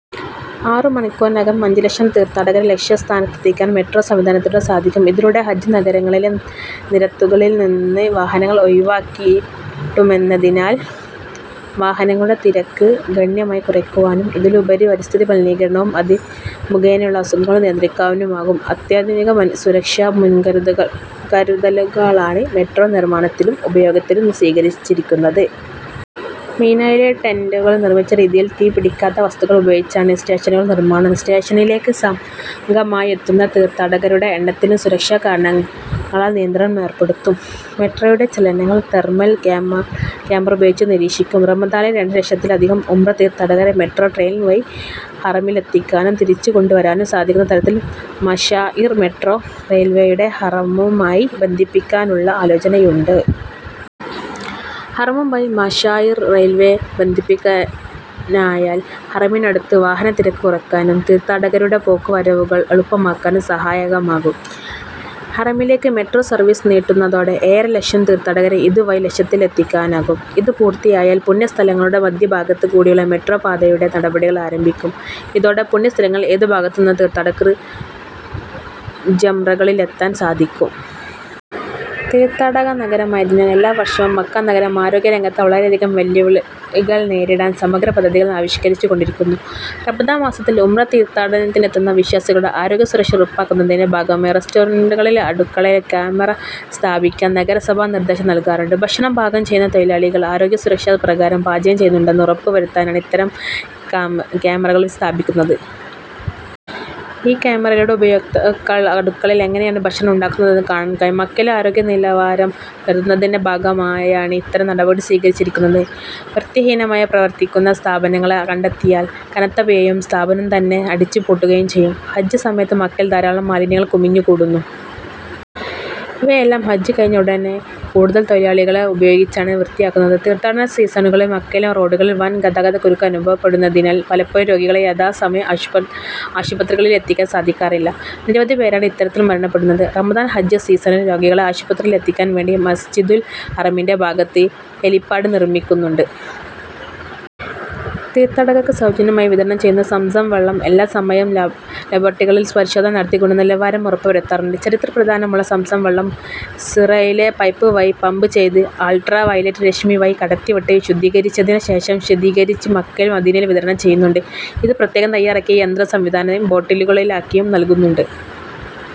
ആറ് മണിക്കൂറിനകം അഞ്ച് ലക്ഷം തീർത്ഥാടകരെ ലക്ഷ്യ സ്ഥാനത്തെത്തിക്കാൻ മെട്രോ സംവിധാനത്തിലൂടെ സാധിക്കും. ഇതിലൂടെ ഹജ്ജ് നഗരങ്ങളിലെ നിരത്തുകളിൽ നിന്ന് വാഹനങ്ങൾ ഒഴിവായിക്കിട്ടുമെന്നതിനാൽ വാഹനങ്ങളുടെ തിരക്ക് ഗണ്യമായി കുറക്കാനാവും. ഇതിലുപരി പരിസ്ഥിതി മലിനീകരണവും അത് മുഖേനയുള്ള അസുഖങ്ങളും നിയന്ത്രിക്കാനുമാവും. അത്യാധുനിക സുരക്ഷാ മുൻകരുതലുകളാണ് മെട്രോ നിർമ്മാണത്തിലും ഉപയോഗത്തിലും സ്വീകരിച്ചിരിക്കുന്നത്. മിനയിലെ ടെന്റുകൾ നിർമ്മിച്ച രീതിയിൽ തീ പിടിക്കാത്ത വസ്തുക്കൾ ഉപയോഗിച്ചാണ് സ്റ്റേഷനുകളുടെ നിർമ്മാണം. സ്റ്റേഷനിലേക്ക് സംഘമായെത്തുന്ന തീർത്ഥാടകരുടെ എണ്ണത്തിലും സുരക്ഷാ കാരണങ്ങളാൽ നിയന്ത്രണം ഏർപ്പെടുത്തും. മെട്രോയുടെ ചലനങ്ങൾ തെർമൽ ക്യാമറ ഉപയോഗിച്ച് നിരീക്ഷിക്കും. റമദാനിൽ രണ്ട് ലക്ഷത്തിലധികം ഉംറ തീർഥാടകരെ മെട്രോ ട്രെയിൻ വഴി ഹറമിലത്തിക്കാനും തിരിച്ചുകൊണ്ടുവരാനും സാധിക്കുന്ന തരത്തിൽ മശാഇർ മെട്രോ റെയിൽവേയെ ഹറമുമായി ബന്ധിപ്പിക്കാനുള്ള ആലോചനയുണ്ട്. ഹറമുമായി മശാഇർ റെയിൽവേയെ ബന്ധിപ്പിക്കാനായാൽ ഹറമിനടുത്ത് വാഹന തിരക്ക് കുറക്കാനും തീർഥാടകരുടെ പോക്കുവരവുകൾ എളുപ്പമാക്കാനും സഹായകമാകും. ഹറമിലേക്ക് മെട്രോ സർവീസ് നീട്ടുന്നതോടെ ഏഴര ലക്ഷം തീർഥാടകരെ ഇതു വഴി ലക്ഷ്യത്തിലെത്തിക്കാനാവും. ഇത് പൂർത്തിയായാൽ പുണ്യ സ്ഥലങ്ങളുടെ മധ്യ ഭാഗത്ത് കൂടിയുള്ള മെട്രോപാതയുടെ നടപടികൾ ആരംഭിക്കും. ഇതോടെ പുണ്യ സ്ഥലങ്ങളിലെ ഏത് ഭാഗത്ത് നിന്നും തീർഥാടകർക്ക് ജംറകളിലത്തൊൻ സാധിക്കും. തീർത്ഥാടക നഗരമായതിനാൽ എല്ലാ വർഷവും മക്ക നഗരം ആരോഗ്യ രംഗത്തെ വളരെയധികം വെല്ലുവിളികൾ നേരിടാൻ സമഗ്ര പദ്ധതികൾ ആവിഷ്കരിച്ചു കൊണ്ടിരിക്കുന്നു. റമദാൻ മാസത്തിൽ ഉംറ തീർത്ഥാടനത്തിനെത്തുന്ന വിശ്വാസികളുടെ ആരോഗ്യ സുരക്ഷ ഉറപ്പാക്കുന്നതിന്റെ ഭാഗമായി റസ്റോറന്റുകളിലെ അടുക്കളയിൽ കാമറ സ്ഥാപിക്കാൻ നഗരസഭ നിർദ്ദേശം നൽകാറുണ്ട്. ഭക്ഷണം പാകം ചെയ്യുന്ന തൊഴിലാളികൾ ആരോഗ്യ സുരക്ഷാ പ്രകാരം പാചകം ചെയ്യുന്നുണ്ടെന്ന് ഉറപ്പ് വരുത്താനാണ് ഇത്തരം കാമറകൾ സ്ഥാപിക്കുന്നത്. ഈ കാമറയിലൂടെ ഉപഭോക്താക്കൾക്ക് അടുക്കളയിൽ എങ്ങനെയാണ് ഭക്ഷണം ഉണ്ടാക്കുന്നതെന്ന് കാണാൻ കഴിയും. മക്കയിലെ ആരോഗ്യ നിലവാരം ഉയർത്തുന്നതിന്റെ ഭാഗമായാണ് ഇത്തരം നടപടി സ്വീകരിച്ചിരിക്കുന്നത്. വൃത്തിഹീനമായി പ്രവർത്തിക്കുന്ന സ്ഥാപനങ്ങളെ കണ്ടെത്തിയാൽ കനത്ത പിഴയും സ്ഥാപനം തന്നെ അടച്ച് പൂട്ടുകയും ചെയ്യും. ഹജ്ജ് സമയത്ത് മക്കയിൽ ധാരാളം മാലിന്യങ്ങൾ കുമിഞ്ഞു കൂടുന്നു. ഇവയെല്ലാം ഹജ്ജ് കഴിഞ്ഞ ഉടനെ കൂടുതൽ തൊഴിലാളികളെ ഉപയോഗിച്ചാണ് വൃത്തിയാക്കുന്നത്. തീർത്ഥാടന സീസണുകളിൽ മക്കയിലെ റോഡുകളിൽ വൻ ഗതാഗത കുരുക്ക് അനുഭവപ്പെടുന്നതിനാൽ പലപ്പോഴും രോഗികളെ യഥാസമയം ആശുപത്രികളിലെത്തിക്കാൻ സാധിക്കാറില്ല. നിരവധി പേരാണ് ഇത്തരത്തിൽ മരണപ്പെടുന്നത്. റമദാൻ, ഹജ്ജ് സീസണിൽ രോഗികളെ ആശുപത്രിയിലെത്തിക്കാൻ വേണ്ടി മസ്ജിദുൽ ഹറമിന്റെ ഭാഗത്ത് ഹെലിപാഡ് നിർമ്മിക്കുന്നുണ്ട്. തീർത്ഥാടകർക്ക് സൌജന്യമായി വിതരണം ചെയ്യുന്ന സംസം വെള്ളം എല്ലാ സമയവും ലാബോറട്ടറികളിൽ പരിശോധന നടത്തി ഗുണനിലവാരം ഉറപ്പ് വരുത്താറുണ്ട്. ചരിത്ര പ്രാധാന്യമുള്ള സംസം വെള്ളം സ്റെയിൻലസ് പൈപ്പ് വഴി പമ്പ് ചെയ്ത് അൾട്രാ വൈലറ്റ് രശ്മി വഴി കടത്തി വിട്ട് ശുദ്ധീകരിച്ചതിന് ശേഷമാണ് ശീതീകരിച്ച് മക്കയിലും മദീനയിലും വിതരണം ചെയ്യുന്നത്. ഇത് പ്രത്യേകം തയ്യാറാക്കിയ യന്ത്ര സംവിധാനത്തിൽ ബോട്ടിലുകളിലാക്കിയും നൽകുന്നുണ്ട്.